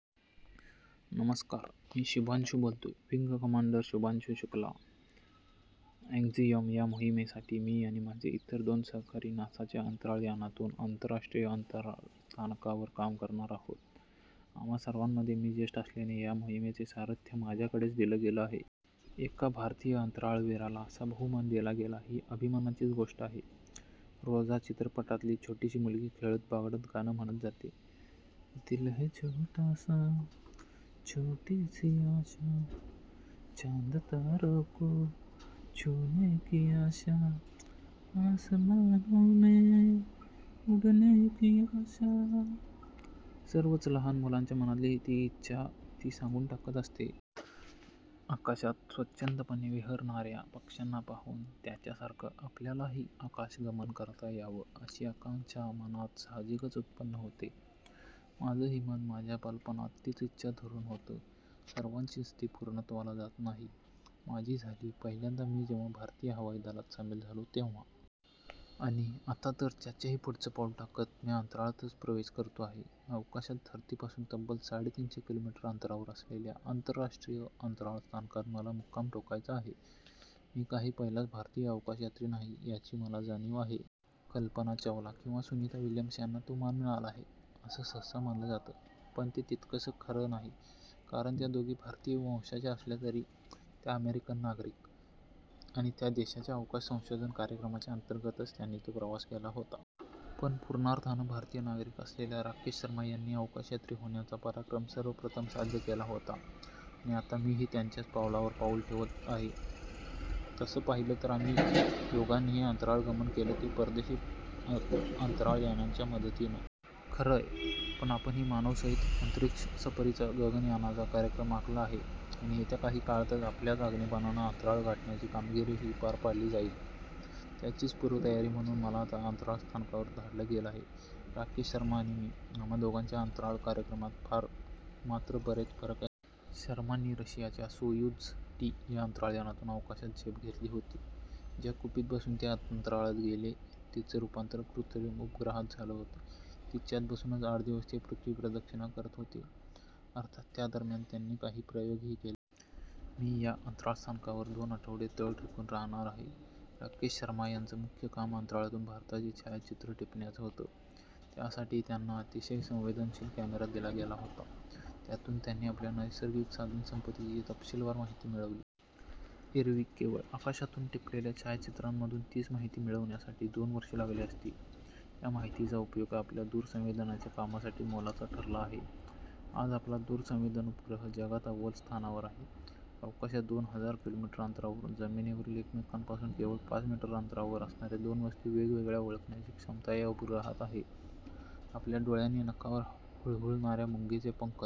नमस्कार. मी शुभांशू बोलतोय. Wing commander Shubhanshu Shukla. 'Axiom ' या मोहिमेसाठी मी आणि माझे इतर दोन सहकारी नासाच्या अंतराळयानातून आंतरराष्ट्रीय अंतराळस्थानकावर काम करणार आहोत. आम्हा सर्वांमध्ये मी ज्येष्ठ असल्याने या मोहिमेचं सारथ्य माझ्याकडेच दिलं गेलं आहे. एका भारतीय अंतराळवीराला असा बहुमान दिला गेला, ही अभिमानाचीच गोष्ट आहे. 'रोजा' चित्रपटातली छोटीशी मुलगी खेळत, बागडत, गाणं म्हणत जाते- 'दिल है छोटासा, छोटीसी आशा, चांदतारोंको छुनेकी आशा, आसमानोंमे उडनेकी आशा'. सर्वच लहान मुलांच्या मनातली ती इच्छा ती सांगून टाकत असते. आकाशात स्वच्छंदपणे विहरणाऱ्या पक्ष्यांना पाहून त्याच्यासारखं आपल्यालाही आकाशगमन करता यावं, अशी आकांक्षा मनात साहजिकच उत्पन्न होते. माझंही मन माझ्या बालपणात तीच इच्छा धरून होतं. सर्वांचीच ती पूर्णत्वाला जात नाही; माझी झाली. पहिल्यांदा मी जेव्हा भारतीय हवाई दलात सामील झालो तेव्हा. आणि आता तर त्याच्याही पुढचं पाऊल टाकत मी अंतराळातच प्रवेश करतो आहे. अवकाशात धरतीपासून तब्बल साडेतीनशे किलोमीटर अंतरावर असलेल्या आंतरराष्ट्रीय अंतराळ स्थानकात मला मुक्काम ठोकायचा आहे. मी काही पहिलाच भारतीय अवकाशयात्री नाही, याची मला जाणीव आहे. कल्पना चावला किंवा सुनीता विल्यम्स यांना तो मान मिळाला आहे, असं सहसा मानलं जातं. पण ते तितकंसं खरं नाही. कारण त्या दोघी भारतीय वंशाच्या असल्या तरी त्या अमेरिकन नागरिक. आणि त्या देशाच्या अवकाश संशोधन कार्यक्रमाच्या अंतर्गतच त्यांनी तो प्रवास केला होता. पण पूर्णार्थानं भारतीय नागरिक असलेल्या राकेश शर्मा यांनी अवकाशयात्री होण्याचा पराक्रम सर्वप्रथम साध्य केला होता. आणि आता मीही त्यांच्याच पावलावर पाऊल ठेवत आहे. तसं पाहिलं तर आम्ही दोघांनीही अंतराळगमन केलं ते परदेशी अंतराळयानांच्या मदतीनं. खरंय! पण आपणही मानवसहित अंतरिक्षसफरीचा, गगनयानाचा, कार्यक्रम आखला आहे. आणि येत्या काही काळातच आपल्याच अग्निबाणानं अंतराळ गाठण्याची कामगिरीही पार पाडली जाईल. त्याचीच पूर्वतयारी म्हणून मला आता अंतराळस्थानकावर धाडलं गेलं आहे. राकेश शर्मा आणि मी, आम्हा दोघांच्या अंतराळकार्यक्रमात मात्र बरेच फरक आहेत. शर्मांनी रशियाच्या 'सोयुझ टी' या अंतराळयानातून अवकाशात झेप घेतली होती. ज्या कुपीत बसून ते अंतराळात गेले तिचं रूपांतर कृत्रिम उपग्रहात झालं होतं. तिच्यात बसूनच आठ दिवस ते पृथ्वीप्रदक्षिणा करत होते. अर्थात त्या दरम्यान त्यांनी काही प्रयोगही केले. मी या अंतराळस्थानकावर दोन आठवडे तळ ठोकून राहणार आहे. राकेश शर्मा यांचं मुख्य काम अंतराळातून भारताची छायाचित्रं टिपण्याचं होतं. त्यासाठी त्यांना अतिशय संवेदनशील कॅमेरा दिला गेला होता. त्यातून त्यांनी आपल्या नैसर्गिक साधनसंपत्तीची तपशीलवार माहिती मिळवली. एरवी केवळ आकाशातून टिपलेल्या छायाचित्रांमधून तीच माहिती मिळवण्यासाठी दोन वर्षं लागली असती. या माहितीचा उपयोग आपल्या दूरसंवेदनाच्या कामासाठी मोलाचा ठरला आहे. आज आपला दूरसंवेदन उपग्रह जगात अव्वल स्थानावर आहे. अवकाशात दोन हजार किलोमीटर अंतरावरून जमिनीवरील एकमेकांपासून केवळ पाच मीटर अंतरावर असणाऱ्या दोन वस्तू वेगवेगळ्या ओळखण्याची क्षमता या उपग्रहात आहे. आपल्या डोळ्यांनी नखावर हुळहुळणाऱ्या मुंगीचे पंखच